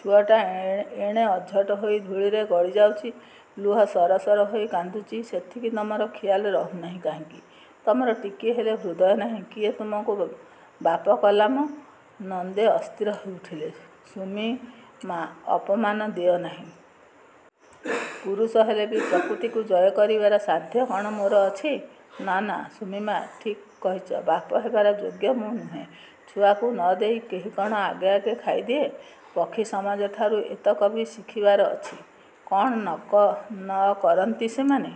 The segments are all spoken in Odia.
ଛୁଆଟା ଏଣେ ଅଝଟ ହୋଇ ଧୂଳିରେ ଗଡ଼ି ଯାଉଚି, ଲୁହ ସରସର ହୋଇ କାନ୍ଦୁଛି ସେଥିକି ତମର ଖିଆଲ ରହୁନାଇଁ କାହିଁକି? ତମର ଟିକିଏ ହେଲେ ହୃଦୟ ନାହିଁ। କିଏ ତମକୁ ବାପ କଲାମଁ? '' ନନ୍ଦେ ଅସ୍ଥିର ହୋଇ ଉଠିଲେ–ସୁମି-ମା, ଅପମାନ ଦିଅ ନାଇଁ। ପୁରୁଷ ହେଲେ ବି ପ୍ରକୃତିକୁ ଜୟ କରିବାର ସାଧ୍ୟ କ'ଣ ମୋର ଅଛି? ନା–ନା, ସୁମି-ମା ଠିକ୍ କହିଚ–ବାପ ହେବାର ଯୋଗ୍ୟ ମୁଁ ନୁହେଁ। ଛୁଆକୁ ନ ଦେଇ କେହି କ'ଣ ଆଗେ ଆଗେ ଖାଇଦିଏ। ପକ୍ଷୀ ସମାଜଠାରୁ ଏତକ ବି ଶିଖିବାର ଅଛି। କ'ଣ ନ କରନ୍ତି ସେମାନେ?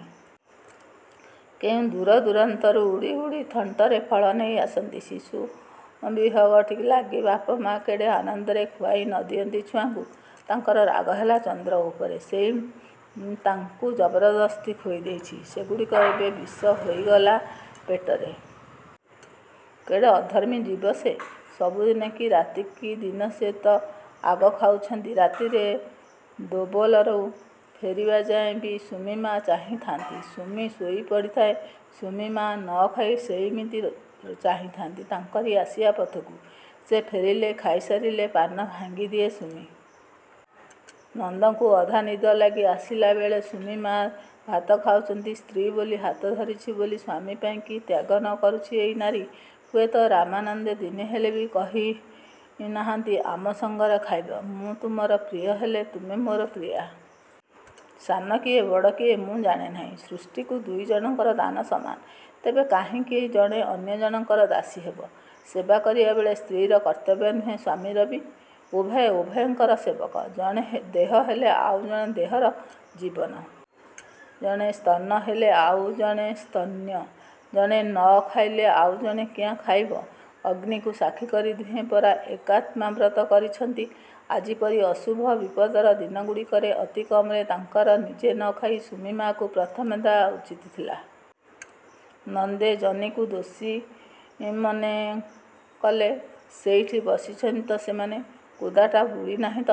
କେଉଁ ଦୂରଦୂରାନ୍ତରୁ ଉଡ଼ି ଉଡ଼ି ଥଣ୍ଟରେ ଫଳ ନେଇ ଆସନ୍ତି ଶିଶୁ ବିହଗଟି ଲାଗି–ବାପ, ମା କେଡ଼େ ଆନନ୍ଦରେ ଖୁଆଇ ନ ଦିଅନ୍ତି ଛୁଆଙ୍କୁ-? ତାଙ୍କର ରାଗ ହେଲା ଚନ୍ଦ୍ର ଉପରେ। ସେଇ ତାଙ୍କୁ ଜବରଦସ୍ତି ଖୋଇ ଦେଇଚି। ସେଇଗୁଡ଼ିକ ଏବେ ବିଷ ହୋଇଗଲାଣି ପେଟରେ। କେଡ଼େ ଅଧର୍ମୀ ଜୀବ ସେ? ସବୁଦିନେ କି ରାତି କି ଦିନ ସେ ତ ଆଗ ଖାଉଛନ୍ତି। ରାତିରେ ଦୋବଲରୁ ଫେରିବା ଯାଏଁ ବି ସୁମି ମା ଚାହିଁଥାନ୍ତି-। ସୁମି ଶୋଇ ପଡ଼ିଥାଏ। ସୁମି-ମା ନ ଖାଇ ସେଇମିତି ଚାହିଁଥାନ୍ତି ତାଙ୍କରି ଆସିବା ପଥକୁ। ସେ ଫେରିଲେ, ଖାଇସାରିଲେ ପାନ ଭାଙ୍ଗିଦିଏ ସୁମି-ମା। ନନ୍ଦଙ୍କୁ ଅଧା ନିଦ ଲାଗି ଆସିଲାବେଳେ ସୁମି-ମା ଭାତ ଖାଉଥାନ୍ତି। ସ୍ତ୍ରୀ ବୋଲି, ହାତ ଧରିଚି ବୋଲି ସ୍ୱାମୀପାଇଁ କି ତ୍ୟାଗ ନ କରୁଛି ଏଇ ନାରୀ। ହୁଏତ ରାମାନନ୍ଦେ ଦିନେ ହେଲେ କହି ନାହାନ୍ତି–ଆସ ସାଙ୍ଗରେ ଖାଇବା। ମୁଁ ତୁମର ପ୍ରିୟ ହେଲେ, ତୁମେ ମୋର ପ୍ରିୟା। ସାନ କିଏ ବଡ଼ କିଏ ମୁଁ ଜାଣେ ନାଇଁ। ସୃଷ୍ଟିକୁ ଦୁଇଜଣଙ୍କର ଦାନ ସମାନ। ତେବେ, କାହିଁକି ଜଣେ ଅନ୍ୟ ଜଣଙ୍କର ଦାସୀ ହେବ? ସେବା କରିବା ବେଳେ ସ୍ତ୍ରୀର କର୍ତ୍ତବ୍ୟ ନୁହେଁ, ସ୍ୱାମୀର ବି। ଉଭୟେ ଉଭୟଙ୍କର ସେବକ। ଜଣେ ଦେହ ହେଲେ ଆଉ ଜଣେ ଦେହରେ ଜୀବନ। ଜଣେ ସ୍ତନ ହେଲେ ଆଉ ଜଣେ ସ୍ତନ୍ୟ। ଜଣେ ନ ଖାଇଲେ ଆଉ ଜଣେ କିଆଁ ଖାଇବ? ଅଗ୍ନିକୁ ସାକ୍ଷୀକରି ଦୁହେଁ ପରା ଏକାତ୍ମାବ୍ରତ କରିଛନ୍ତି। ଆଜିପରି ଅଶୁଭ, ବିପଦର ଦିନଗୁଡ଼ିକରେ ଅତିକମରେ ତାଙ୍କର ନିଜେ ନ ଖାଇ ସୁମି-ମାକୁ ପ୍ରଥମେ ଦେବା ଉଚିତ ଥିଲା। ନନ୍ଦେ ଜନିକୁ ଦୋଷୀ ମନେ କଲେ। ସେଇଠି ବସିଛନ୍ତି ତ ସେମାନେ? କୁଦାଟା ବୁଡ଼ି ନାହିଁ ତ?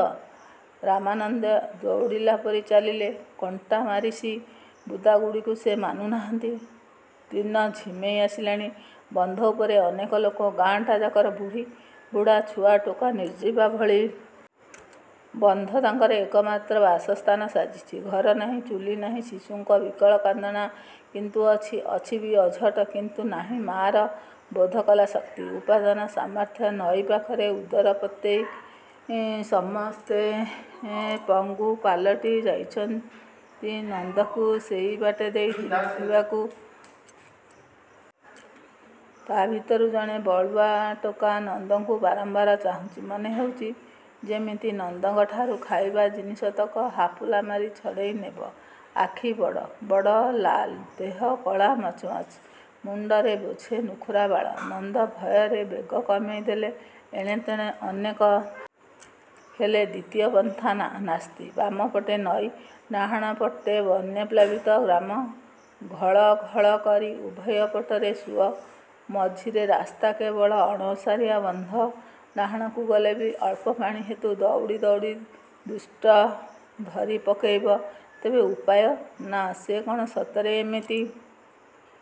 ରାମାନନ୍ଦେ ଦଉଡ଼ିଲାପରି ଚାଲିଲେ। କଣ୍ଟାମାରିସି ବୁଦାଗୁଡ଼ାକୁ ସେ ମାନୁ ନାହାନ୍ତି। ଦିନ ଝିମେଇ ଆସିଲାଣି। ବନ୍ଧ ଉପରେ ଅନେକ ଲୋକ। ଗାଁଟା ଯାକର ବୁଢ଼ୀ–ବୁଢ଼ା–ଛୁଆ ଟୋକା ନିର୍ଜୀବ ଭଳି ବସିଛନ୍ତି। ବନ୍ଧ ତାଙ୍କର ଏକମାତ୍ର ବାସସ୍ଥାନ ସାଜିଛି। ଘର ନାହିଁ, ଚୁଲି ନାହିଁ। ଶିଶୁଙ୍କ ବିକଳ କାନ୍ଦଣା କିନ୍ତୁ ଅଛି, ଅଛି ବି ଅଝଟ। କିନ୍ତୁ ନାହିଁ ମା'ର ବୋଧକଲା ଶକ୍ତି, ଉପାଦାନ, ସାମର୍ଥ୍ୟ। ନଈ ପାଖରେ ଉଦର ପତେଇ ସମସ୍ତେ ପଙ୍ଗୁ ପାଲଟି ଯାଇଛନ୍ତି। ନନ୍ଦଙ୍କୁ ସେଇବାଟ ଦେଇ ଯିବାକୁ ହେବ। ତା'ଭିତରୁ ଜଣେ ବଳୁଆ ଟୋକା ନନ୍ଦଙ୍କୁ ବାରମ୍ବାର ଚାହୁଁଚି। ମନେ ହେଉଛି–ଯେମିତି ନନ୍ଦଙ୍କଠାରୁ ଖାଇବା ଜିନିଷତକ ହାପୁଲା ମାରି ଛଡ଼େଇ ନେବ। ଆଖି ବଡ଼, ବଡ଼–ଲାଲ, ଦେହ କଳାମଚମଚ। ମୁଣ୍ଡରେ ବୋଝେ ନୁଖରା ବାଳ। ନନ୍ଦେ ଭୟରେ ବେଗ କମେଇ ଦେଲେ, ଏଣେତେଣେ ଅନେଇଲେ–ଅନ୍ୟବାଟରେ ଖସି ଯିବାକୁ ଉପାୟ ଅଛି କି ନାହିଁ ଦେଖିବାକୁ। ହେଲେ, ଦ୍ୱିତୀୟ ପନ୍ଥା ନାସ୍ତି। ବାମପଟେ ନଈ, ଡାହାଣପଟେ ବନ୍ୟାପ୍ଳାବିତ ଗ୍ରାମ। ଘଳ-ଘଳ କରି ଉଭୟ ପଟରେ ସୁଅ। ମଝିରେ ରାସ୍ତା କେବଳ ଅଣଓସାରିଆ ବନ୍ଧ। ଡାହାଣକୁ ଗଲେ ବି ଅଳ୍ପ ପାଣି ହେତୁ ଦଉଡ଼ି ଦଉଡ଼ି ଦୁଷ୍ଟ ଧରି ପକେଇବ। ତେବେ ଉପାୟ? ନା, ସେ କ'ଣ ସତରେ ଏମିତି ଛଡ଼େଇ ନେବାକୁ ଆସିବ? ସେ କାହିଁକି ଜାଣିବ ମୁଁ କଣ ନେଉଚି।